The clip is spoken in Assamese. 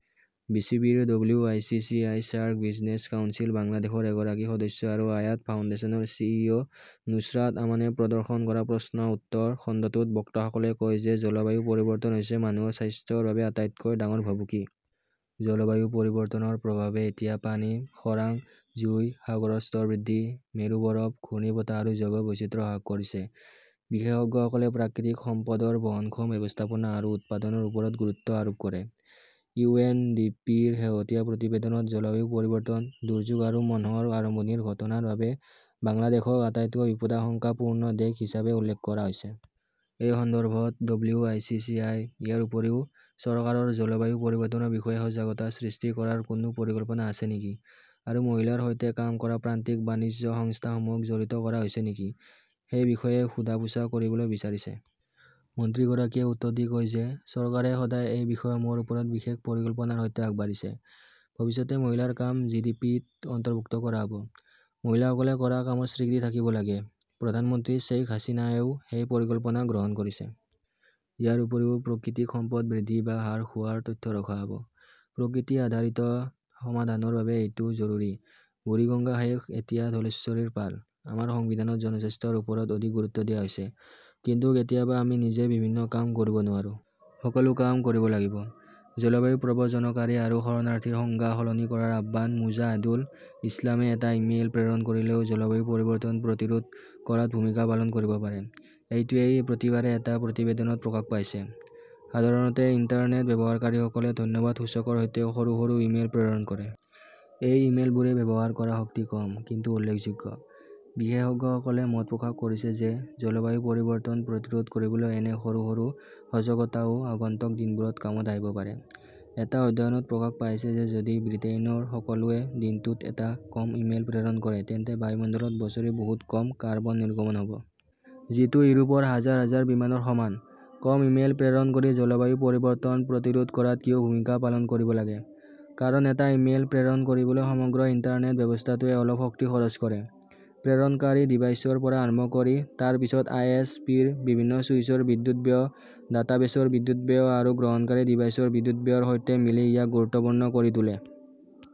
বি চি বিৰ W I C C I SAARC business council বাংলাদেশৰ এগৰাকী সদস্য আৰু আয়াত ফাউণ্ডেশ্যনৰ চি ই অ নুছৰাট আমানে প্ৰদৰ্শন কৰা প্ৰশ্ন-উত্তৰ খণ্ডটোত বক্তাসকলে কয় যে জলবায়ু পৰিৱৰ্তন হৈছে মানুহৰ স্বাস্থ্যৰ বাবে আটাইতকৈ ডাঙৰ ভাবুকি। জলবায়ু পৰিৱৰ্তনৰ প্ৰভাৱে এতিয়া পানী, খৰাং, জুই, সাগৰৰ স্তৰ বৃদ্ধি, মেৰু বৰফ, ঘূৰ্ণী বতাহ আৰু জৈৱ-বৈচিত্ৰ্য হ্ৰাস কৰিছে। বিশেষজ্ঞসকলে প্ৰাকৃতিক সম্পদৰ বহনক্ষম ব্যৱস্থাপনা আৰু উৎপাদনৰ ওপৰত গুৰুত্ব আৰোপ কৰে। ইউ এন ডি পিৰ শেহতীয়া প্ৰতিবেদনত জলবায়ু পৰিৱৰ্তন, দুৰ্যোগ আৰু মন্থৰ আৰম্ভণিৰ ঘটনাৰ বাবে বাংলাদেশক আটাইতকৈ বিপদাশংকাপূৰ্ণ দেশ হিচাপে উল্লেখ কৰা হৈছে। এই সন্দৰ্ভত W I C C I, ইয়াৰ উপৰিও, চৰকাৰৰ জলবায়ু পৰিৱৰ্তনৰ বিষয়ে সজাগতা সৃষ্টি কৰাৰ কোনো পৰিকল্পনা আছে নেকি? আৰু মহিলাৰ সৈতে কাম কৰা প্ৰান্তিক বাণিজ্য সংস্থাসমূহক জড়িত কৰা হৈছে নেকি? সেই বিষয়ে সোধা-পোছা কৰিবলৈ বিচাৰিছে। মন্ত্ৰীগৰাকীয়ে উত্তৰ দি কয় যে, চৰকাৰে সদায় এই বিষয়সমূহৰ ওপৰত বিশেষ পৰিকল্পনাৰ সৈতে আগবাঢ়িছে। ভৱিষ্যতে মহিলাৰ কাম জি ডি পিত অন্তৰ্ভুক্ত কৰা হ'ব। মহিলাসকলে কৰা কামৰ স্বীকৃতি থাকিব লাগে। প্ৰধানমন্ত্ৰী শ্বেইখ হাছিনায়েও সেই পৰিকল্পনা গ্ৰহণ কৰিছে। ইয়াৰ উপৰিও প্ৰকৃতিক সম্পদ বৃদ্ধি বা হ্ৰাস হোৱাৰ তথ্য ৰখা হ'ব। প্ৰকৃতি-আধাৰিত সমাধানৰ বাবে এইটো জৰুৰী। বুৰিগঙ্গা শেষ, এতিয়া ধলেশ্বৰীৰ পাল। আমাৰ সংবিধানত জনস্বাস্থ্যৰ ওপৰত অধিক গুৰুত্ব দিয়া হৈছে। কিন্তু কেতিয়াবা আমি নিজেই বিভিন্ন কাম কৰিব নোৱাৰোঁ। সকলো কাম কৰিব লাগিব। জলবায়ু প্ৰব্ৰজনকাৰী আৰু শৰণাৰ্থীৰ সংজ্ঞা সলনি কৰাৰ আহ্বান মোজাহেদুল ইছলামে এটা ই-মেইল প্ৰেৰণ কৰিলেও জলবায়ু পৰিৱৰ্তন প্ৰতিৰোধ কৰাত ভূমিকা পালন কৰিব পাৰে। এইটোৱেই প্ৰতিবাৰে এটা প্ৰতিবেদনত প্ৰকাশ পাইছে। সাধাৰণতে ইণ্টাৰনেট ব্যৱহাৰকাৰীসকলে ধন্যবাদ সূচকৰ সৈতে সৰু সৰু ই-মেইল প্ৰেৰণ কৰে। এই ই-মেইলবোৰে ব্যৱহাৰ কৰা শক্তি কম, কিন্তু উল্লেখযোগ্য। বিশেষজ্ঞসকলে মত প্ৰকাশ কৰিছে যে, জলবায়ু পৰিৱৰ্তন প্ৰতিৰোধ কৰিবলৈ এনে সৰু সৰু সজাগতাও আগন্তুক দিনবোৰত কামত আহিব পাৰে। এটা অধ্যয়নত প্ৰকাশ পাইছে যে যদি ব্ৰিটেইনৰ সকলোৱে দিনটোত এটা কম ই-মেইল প্ৰেৰণ কৰে তেন্তে বায়ুমণ্ডলত বছৰি বহুত কম কাৰ্বন নিৰ্গমন হ'ব। যিটো ইউৰোপৰ হাজাৰ হাজাৰ বিমানৰ সমান। কম ই-মেইল প্ৰেৰণ কৰি জলবায়ু পৰিৱৰ্তন প্ৰতিৰোধ কৰাত কিয় ভূমিকা পালন কৰিব লাগে? কাৰণ এটা ই-মেইল প্ৰেৰণ কৰিবলৈ সমগ্ৰ ইণ্টাৰনেট ব্যৱস্থাটোৱে অলপ শক্তি খৰচ কৰে। প্ৰেৰণকাৰী ডিভাইচৰ পৰা আৰম্ভ কৰি, তাৰ পিছত আই এছ পিৰ বিভিন্ন চুইচৰ বিদ্যুৎ ব্যয়, ডাটাবেছৰ বিদ্যুৎ ব্যয় আৰু গ্ৰহণকাৰী ডিভাইচৰ বিদ্যুৎ ব্যয়ৰ সৈতে মিলি ইয়াক গুৰুত্বপূৰ্ণ কৰি তোলে।